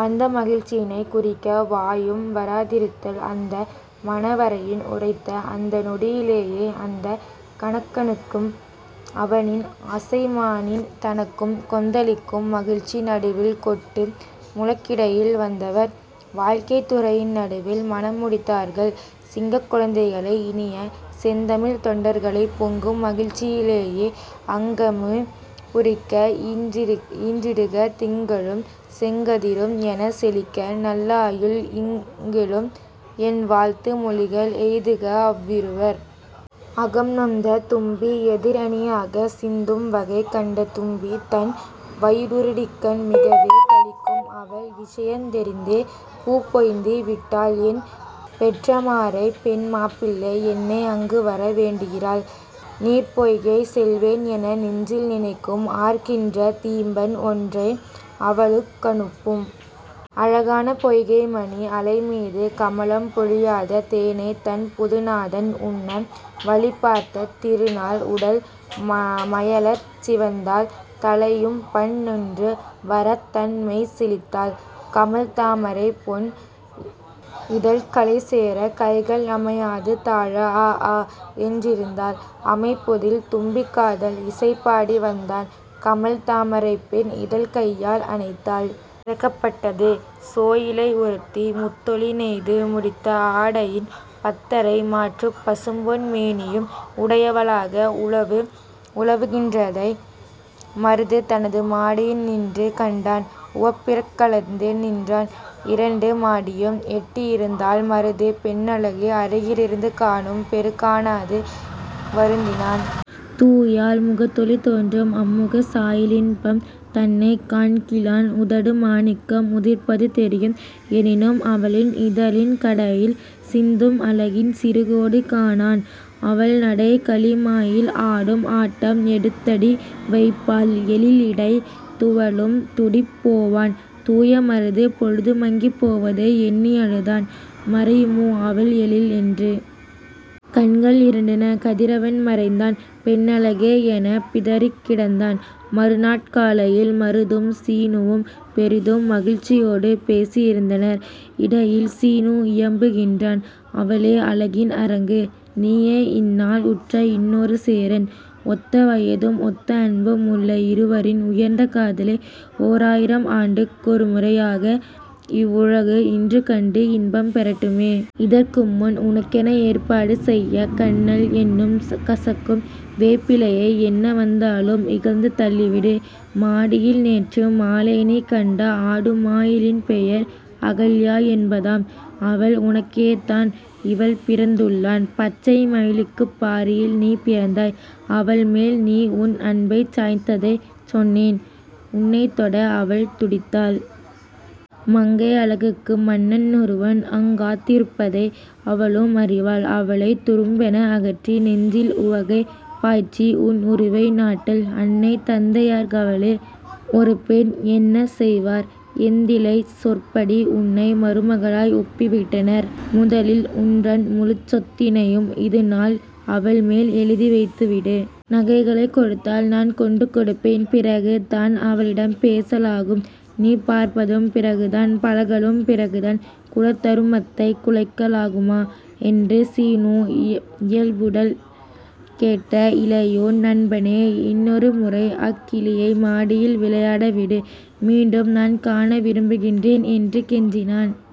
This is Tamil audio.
வந்த மகிழ்ச்சியினைக்--குறிக்க வாயும் வராதிருந்தாள். அந்த மணவறையில்--உரைத்த அந்த நொடியினிலே அந்தக் கணக்கனுக்கும்--அவனின் ஆசைமயில் தனக்கும் கொந்தளிக்கும் மகிழ்ச்சி--நடுவில் கொட்டு முழக்கிடையில் வந்தவர் வாழ்த்துரையின்--நடுவில் மணம் முடித்தார்கள். 'சிங்கக் குழந்தைகளை--இனிய செந்தமிழ்த் தொண்டர்களைப் பொங்கும் மகிழ்ச்சியிலே--அங்கமே பூரிக்க ஈன்றிடுக. திங்களும் செங்கதிரும்--எனவே செழிக்க நல்லாயுள்' இங்கெழும் என்வாழ்த்து--மொழிகள் எய்துக அவ்விருவர்! அகம் நொந்த தும்பி எதிர் அணியாகச் சிந்தும்! வகை கண்ட தும்பி தன் வயிடூரியக்கண் மிகவே களிக்கும் அவள் விஷயந் தெரிந்தே! 'பூப்பெய்தி விட்டாள்என் பொற்றாமரைப் பெண் மாப்பிள்ளை என்னை அங்கு வர வேண்டுகின்றாள் நீர்ப்பொய்கை செல்வேன்' என நெஞ்சில் நினைக்கும்; ஆர்க்கின்ற தீம்பண் ஒன்றை அவளுக் கனுப்பும்! அழகான பொய்கை மணி அலைமீது கமலம் பொழியாத தேனைத் தன் புதுநாதன் உண்ண வழிபார்த் திருந்தாள் உடல் மயலாற் சிவந்தாள்! தழையும்பண் ணொன்று வரத் தன்மெய் சிலிர்த்தாள். கமழ் தாமரைப் பெண் இதழ்க் கலைசோரக் கைகள் அமையாது தாழ ஆ! ஆ!! என்றிருந்தாள். இமைப்போதில் தும்பி காதல் இசை பாடி வந்தான் கமழ் தாமரைப் பெண் இதழ்க் கையால் அணைத்தாள். திறக்கப் பட்டது; சேயிழை ஒருத்தி, முத்தொளி நெய்து முடித்த ஆடையும், பத்தரை மாற்றுப் பசும்பொன் மேனியும் உடையவ ளாக உலவு கின்றதை 'மருது' தனது மாடியி னின்று கண்டான்; உவப்பிற் கலந்து நின்றான்! இரண்டு மாடியும் எட்டி இருந்ததால் மருது, பெண்ணழகை அருகி லிருந்து காணும் பேறு காணாது வருந்தினான்! தூயாள் முகத்தொளி தோன்றும்; அம்முகச் சாயலின்பம் தன்னைக் காண்கிலான்! உதடு மாணிக்கம் உதிர்ப்பது தெரியும்; எனினும் அவளின் இதழின் கடையில் சிந்தும் அழகின் சிறுகோடு காணான்! அவள்நடை, களிமயில் ஆடும் ஆட்டம்! எடுத்தடி வைப்பாள், எழிலிடை துவளும்; துடித்துப் போவான் தூய மருது! பொழுது மங்கிப் போவதை எண்ணி அழுதான் மறையுமே அவள் எழில்என்று! கண்கள் இருண்டன! கதிரவன் மறைந்தான்! பெண்ணழகே எனப் பிதற்றிக் கிடந்தான். மறுநாட் காலையில் மருதும் சீனுவும் பெரிதும் மகிழ்ச்சியடு பேசி யிருந்தனர். இடையில் சீனு இயம்பு கின்றான்: 'அவளோ அழகின் அரங்கு! நீயோ இந்நாள் உற்ற இன்னொரு சேரன்; ஒத்த வயதும், ஒத்த அன்பும், உள்ள இருவரின் உயர்ந்த காதலை ஓராயிரம் ஆண்டுக் கொருமுறை யாக இவ்வுலகு இன்றுகண்டு இன்பம் பெறட்டுமே! இதற்குமுன் உனக்கென ஏற்பாடு செய்த 'கன்னல்' என்னும் கசக்கும் வேப்பிலையை என்ன வந்தாலும் இகழ்ந்து தள்ளிவிடு! மாடியில், நேற்று மாலைநீ கண்ட ஆடுமயி லின்பெயர் அகல்யா என்பதாம், அவள் உனக்கேதான் இவண்பிறந் துள்ளாள்; பச்சை மயிலுக்குப் பாரில்நீ பிறந்தாய்; அவள்மேல் நீஉன் அன்பைச் சாய்த்ததைச் சொன்னேன்; உன்னைத்தொட அவள் துடித்தாள். மங்கை அழகுக்கு மன்னன் ஒருவன் அங்காந் திருப்பதை அவளும் அறிவாள்; அவனைத் துரும்பென அகற்றி, நெஞ்சில் உவகை பாய்ச்சிஉன் உருவை நட்டாள்! அன்னை தந்தையர்க் கவளோ ஒருபெண், என்ன செய்வார்? ஏந்திழை சொற்படி உன்னை மருகனாய் ஒப்பி விட்டனர். முதலில் உன்றன் முழுச்சொத் தினையும் இதுநாள் அவள்மேல் எழுதி வைத்துவிடு! நகைகளைக் கொடுத்தால் நான்கொண்டு கொடுப்பேன். பிறகுதான் அவளிடம் பேச லாகும்நீ! பார்ப்பதும் பிறகுதான்! பழகலும் பிறகுதான்! குலதரு மத்தைக் குலைக்க லாகுமா? என்று சீனு இயம்புதல் கேட்ட இளையோன் 'நண்பனே இன்னொரு முறைஅக் கிளியை மாடியில் விளையாட விடு; மீண்டும் நான்காண விரும்பு கின்றேன். ' என்று கெஞ்சினான்!